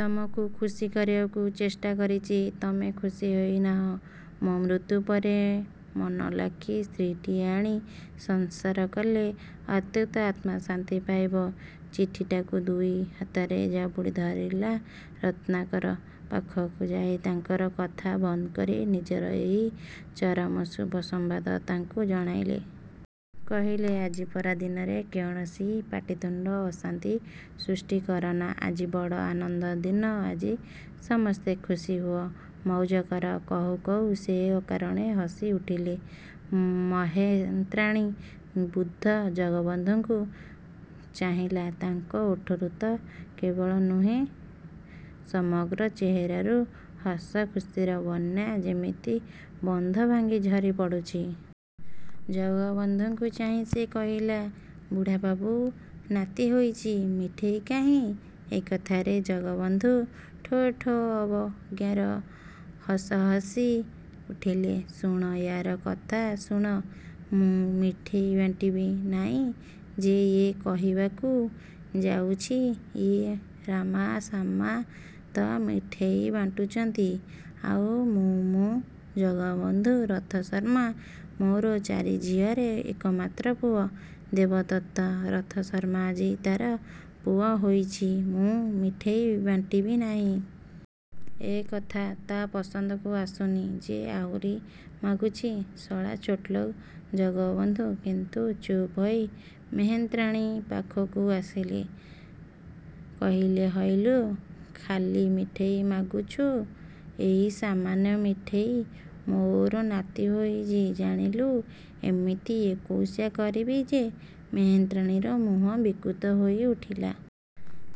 "ତମକୁ ଖୁସୀ କରିବାକୁ ଚେଷ୍ଟା କରିଚି, ତମେ ଖୁସୀ ହୋଇନାହଁ, ମୋ ମୃତ୍ୟୁ ପରେ ମନଲାଖି ସ୍ତ୍ରୀଟିଏ ଆଣି ସଂସାର କଲେ, ଅତୃପ୍ତ ଆତ୍ମା ଶାନ୍ତି ପାଇବ।"ଚିଠିଟାକୁ ଦୁଇ ହାତରେ ଜାବୁଡ଼ି ଧରିଲା ରତ୍ନାକର। ପାଖକୁ ଯାଇ ତାଙ୍କର କଥା ବନ୍ଦକରି ନିଜର ଏହି ଚରମ ଶୁଭ ସମ୍ବାଦ ତାଙ୍କୁ ଜଣାଇଲେ। କହିଲେ, "ଆଜିପରା ଦିନରେ କୌଣସି ପାଟିତୁଣ୍ଡ, ଅଶାନ୍ତି ସୃଷ୍ଟି କରନା। ଆଜି ବଡ଼ ଆନନ୍ଦର ଦିନ, ଆଜି ସମସ୍ତେ ଖୁସିହୁଅ, ମଉଜ କର।"କହୁ କହୁ ସେ ଅକାରଣେ ହସି ଉଠିଲେ। ମେହେନ୍ତ୍ରାଣୀ ବୃଦ୍ଧ ଜଗବନ୍ଧୁଙ୍କୁ ଚାହିଁଲା। ତାଙ୍କ ଓଠରୁ ତ କେବଳ ନୁହେଁ, ସମଗ୍ର ଚେହେରାରୁ ହସଖୁସିର ବନ୍ୟା ଯେମିତି ବନ୍ଧଭାଙ୍ଗି ଝରି ପଡ଼ୁଚି। ଜଗବନ୍ଧୁଙ୍କୁ ଚାହିଁ ସେ କହିଲା, "ବୁଢ଼ାବାବୁ, ନାତି ହୋଇଚି ମିଠେଇ କାହିଁ?" ଏ କଥାରେ ଜଗବନ୍ଧୁ ଠୋ ଠୋ ଅବଜ୍ଞାର ହସ ହସି ଉଠିଲେ। "ଶୁଣ, ୟା'ର କଥା ଶୁଣ। ମୁଁ ମିଠେଇ ବାଣ୍ଟିବି ନାଇଁ ଯେ, ୟେ କହିବାକୁ ଯାଉଚି। ୟେ ରାମା ଶାମା ତ ମିଠେଇ ବାଣ୍ଟୁଚନ୍ତି ଆଉ ମୁଁ ମୁଁ ଜଗବନ୍ଧୁ ରଥଶର୍ମା ମୋର ଚାରି ଝିଅରେ ଏକମାତ୍ର ପୁଅ ଦେବଦତ୍ତ ରଥଶର୍ମା ଆଜି ତାର ପୁଅ ହୋଇଚି, ମୁଁ ମିଠେଇ ବାଣ୍ଟିବି ନାହିଁ? ଏକଥା ତା' ପସନ୍ଦକୁ ଆସୁନି ଯେ, ଆହୁରି ମାଗୁଚି। ଶଳା ଛୋଟଲୋକ"ଜଗବନ୍ଧୁ କିନ୍ତୁ ଚୁପ୍ ହୋଇ ମେହେନ୍ତ୍ରାଣୀ ପାଖକୁ ଆସିଲେ କହିଲେ "ହଇଲୋ, ଖାଲି ମିଠେଇ ମାଗୁଚୁ? ଏଇ ସାମାନ୍ୟ ମିଠେଇ? ମୋର ନାତି ହୋଇଚି ଜାଣିଲୁ ଏମିତି ଏକୋଇଶା କରିବି ଯେ"ମେହେନ୍ତ୍ରାଣୀର ମୁହଁ ବିକୃତ ହୋଇ ଉଠିଲା।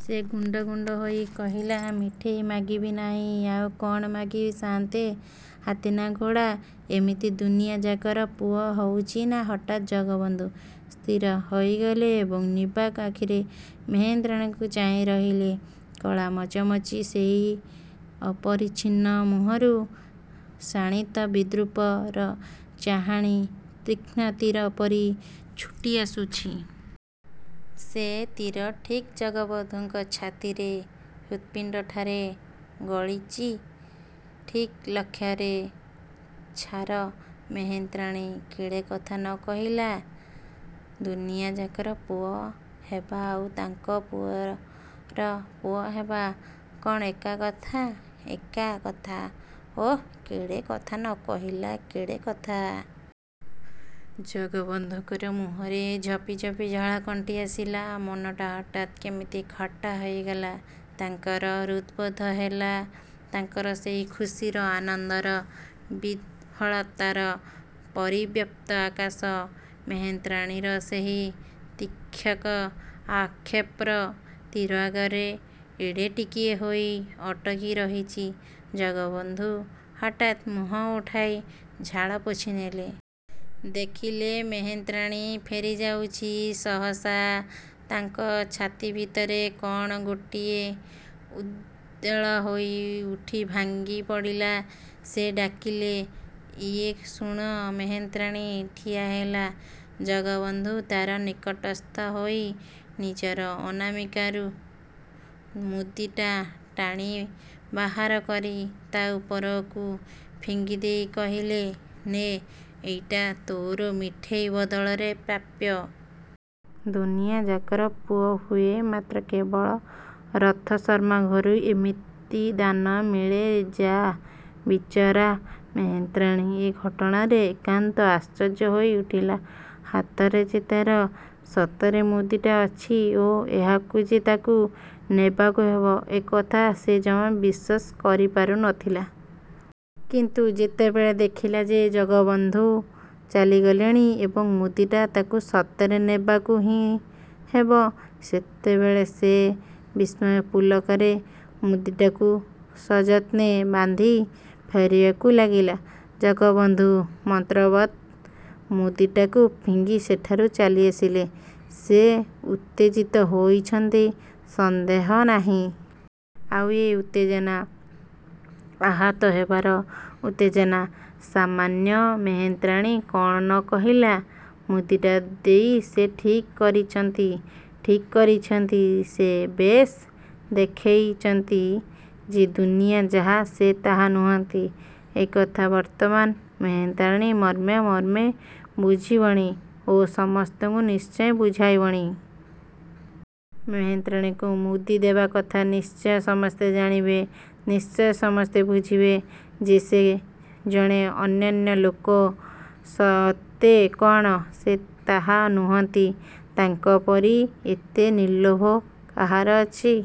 ସେ ଗୁଣ୍ଡ ଗୁଣ୍ଡ ହୋଇ କହିଲା, "ମିଠେଇ ମାଗିବି ନାହିଁ, ଆଉ କ'ଣ ମାଗିବି ସାନ୍ତେ? ହାତୀ ନା ଘୋଡ଼ା? ଏମିତି ଦୁନିଆଯାକର ପୁଅ ହଉଚି ନାଆଁ" ହଠାତ୍ ଜଗବନ୍ଧୁ ସ୍ଥିର ହୋଇଗଲେ ଏବଂ ନିର୍ବାକ୍ ଆଖିରେ ମେହେନ୍ତ୍ରାଣୀକୁ ଚାହିଁ ରହିଲେ। କଳାମଚମଚି ସେହି ଅପରିଛନ୍ନ ମୁହଁରୁ ଶାଣିତ ବିଦ୍ରୂପର ଚାହାଣୀ ତୀକ୍ଷ୍ଣ ତୀରପରି ଛୁଟି ଆସୁଚି। ସେ ତୀର ଠିକ୍ ଜଗବନ୍ଧୁଙ୍କ ଛାତିରେ ହୃତ୍ପିଣ୍ଡଠାରେ ଗଳିଚି, ଠିକ୍ ଲକ୍ଷ୍ୟରେ। ଛାର ମେହେନ୍ତ୍ରାଣୀ, କେଡ଼େ କଥା ନ କହିଲା! ଦୁନିଆଯାକର ପୁଅ ହେବା ଆଉ ତାଙ୍କ ପୁଅର ପୁଅହେବା କଅଣ ଏକା କଥା? ଏକା କଥା? ଓଃ କେଡ଼େ କଥା ନ କହିଲା କେଡ଼େ କଥା। ଜଗବନ୍ଧୁଙ୍କ ମୁହଁରେ ଝପିଝପି ଝାଳ କଣ୍ଟି ଆସିଲା, ମନଟା ହଠାତ୍ କେମିତି ଖଟା ହୋଇଗଲା। ତାଙ୍କର ହୃଦବୋଧ ହେଲା, ତାଙ୍କର ସେହି ଖୁସିର, ଆନନ୍ଦର, ବିହ୍ୱଳତାର ପରିବ୍ୟାପ୍ତ ଆକାଶ ମେହେନ୍ତ୍ରାଣୀର ସେହି ତୀକ୍ଷକ୍ ଆକ୍ଷେପର ତୀର ଆଗରେ ଏଡ଼େ ଟିକିଏ ହୋଇ ଅଟକି ରହିଚି। ଜଗବନ୍ଧୁ ହଠାତ୍ ମୁହଁ ଉଠାଇ ଝାଳ ପୋଛି ନେଲେ। ଦେଖିଲେ ମେହେନ୍ତ୍ରାଣୀ ଫେରି ଯାଉଚି। ସହସା ତାଙ୍କ ଛାତି ଭିତରେ କଣ ଗୋଟିଏ ଉଦ୍ବେଳ ହୋଇ ଉଠି ଭାଙ୍ଗି ପଡ଼ିଲା। ସେ ଡାକିଲେ, "ଏଇ ଶୁଣ୍।" ମେହେନ୍ତ୍ରାଣୀ ଠିଆ ହେଲା। ଜଗବନ୍ଧୁ ତାର ନିକଟସ୍ଥ ହୋଇ, ନିଜର ଅନାମିକାରୁ ମୁଦିଟା ଟାଣି ବାହାର କରି ତା' ଉପରକୁ ଫିଙ୍ଗି ଦେଇ କହିଲେ, "ନେ, ଏଇଟା ତୋର ମିଠେଇ ବଦଳରେ ପ୍ରାପ୍ୟ। ଦୁନିଆଯାକର ପୁଅ ହୁଏ, ମାତ୍ର କେବଳ ରଥଶର୍ମା ଘରୁ ଏମିତି ଦାନ ମିଳେ ଯାଃ" ବିଚରା ମେହେନ୍ତ୍ରାଣୀ ଏ ଘଟଣାରେ ଏକାନ୍ତ ଆଶ୍ଚର୍ଯ୍ୟ ହୋଇ ଉଠିଲା ହାତରେ ଯେ, ତାର ସତରେ ମୁଦିଟା ଅଛି ଓ ଏହାକୁ ଯେ, ତାକୁ ନେବାକୁ ହେବ ଏକଥା ସେ ଜମା ବିଶ୍ୱାସ କରିପାରୁ ନ ଥିଲା। କିନ୍ତୁ ଯେତେବେଳେ ଦେଖିଲା ଯେ, ଜଗବନ୍ଧୁ ଚାଲିଗଲେଣି ଏବଂ ମୁଦିଟା ତାକୁ ସତରେ ନେବାକୁ ହିଁ ହେବ, ସେତେବେଳେ ସେ ବିସ୍ମୟ ପୁଲକରେ ମୁଦିଟାକୁ ସଯତ୍ନେ ବାନ୍ଧି ଫେରିବାକୁ ଲାଗିଲା। ଜଗବନ୍ଧୁ ମନ୍ତ୍ରବତ୍ ମୁଦିଟାକୁ ଫିଙ୍ଗି ସେଠାରୁ ଚାଲି ଆସିଲେ। ସେ ଉତ୍ତେଜିତ ହୋଇଛନ୍ତି, ସନ୍ଦେହ ନାହିଁ। ଆଉ ଏ ଉତ୍ତେଜନା ଆହତ ହେବାର ଉତ୍ତେଜନା। ସାମାନ୍ୟ ମେହେନ୍ତ୍ରାଣୀ କ'ଣ ନ କହିଲା? ମୁଦିଟା ଦେଇ ସେ ଠିକ୍ କରିଚନ୍ତି, ଠିକ୍ କରିଛନ୍ତି। ସେ ବେଶ୍ ଦେଖେଇଚନ୍ତି ଯେ, ଦୁନିଆ ଯାହା ସେ ତାହା ନୁହନ୍ତି, ଏକଥା ବର୍ତ୍ତମାନ ମେହେନ୍ତ୍ରାଣୀ ମର୍ମେ ମର୍ମେ ବୁଝିବଣି ଓ ସମସ୍ତଙ୍କୁ ନିଶ୍ଚୟ ବୁଝାଇବଣି। ମେହେନ୍ତ୍ରାଣୀକୁ ମୁଦି ଦେବା କଥା ନିଶ୍ଚୟ ସମସ୍ତେ ଜାଣିବେ। ନିଶ୍ଚୟ ସମସ୍ତେ ବୁଝିବେ ଯେ ସେ ଜଣେ ଅନନ୍ୟ ଲୋକ। ସତେ କ'ଣ ସେ ତାହା ନୁହନ୍ତି? ତାଙ୍କପରି ଏତେ ନିର୍ଲୋଭ କାହାର ଅଛି?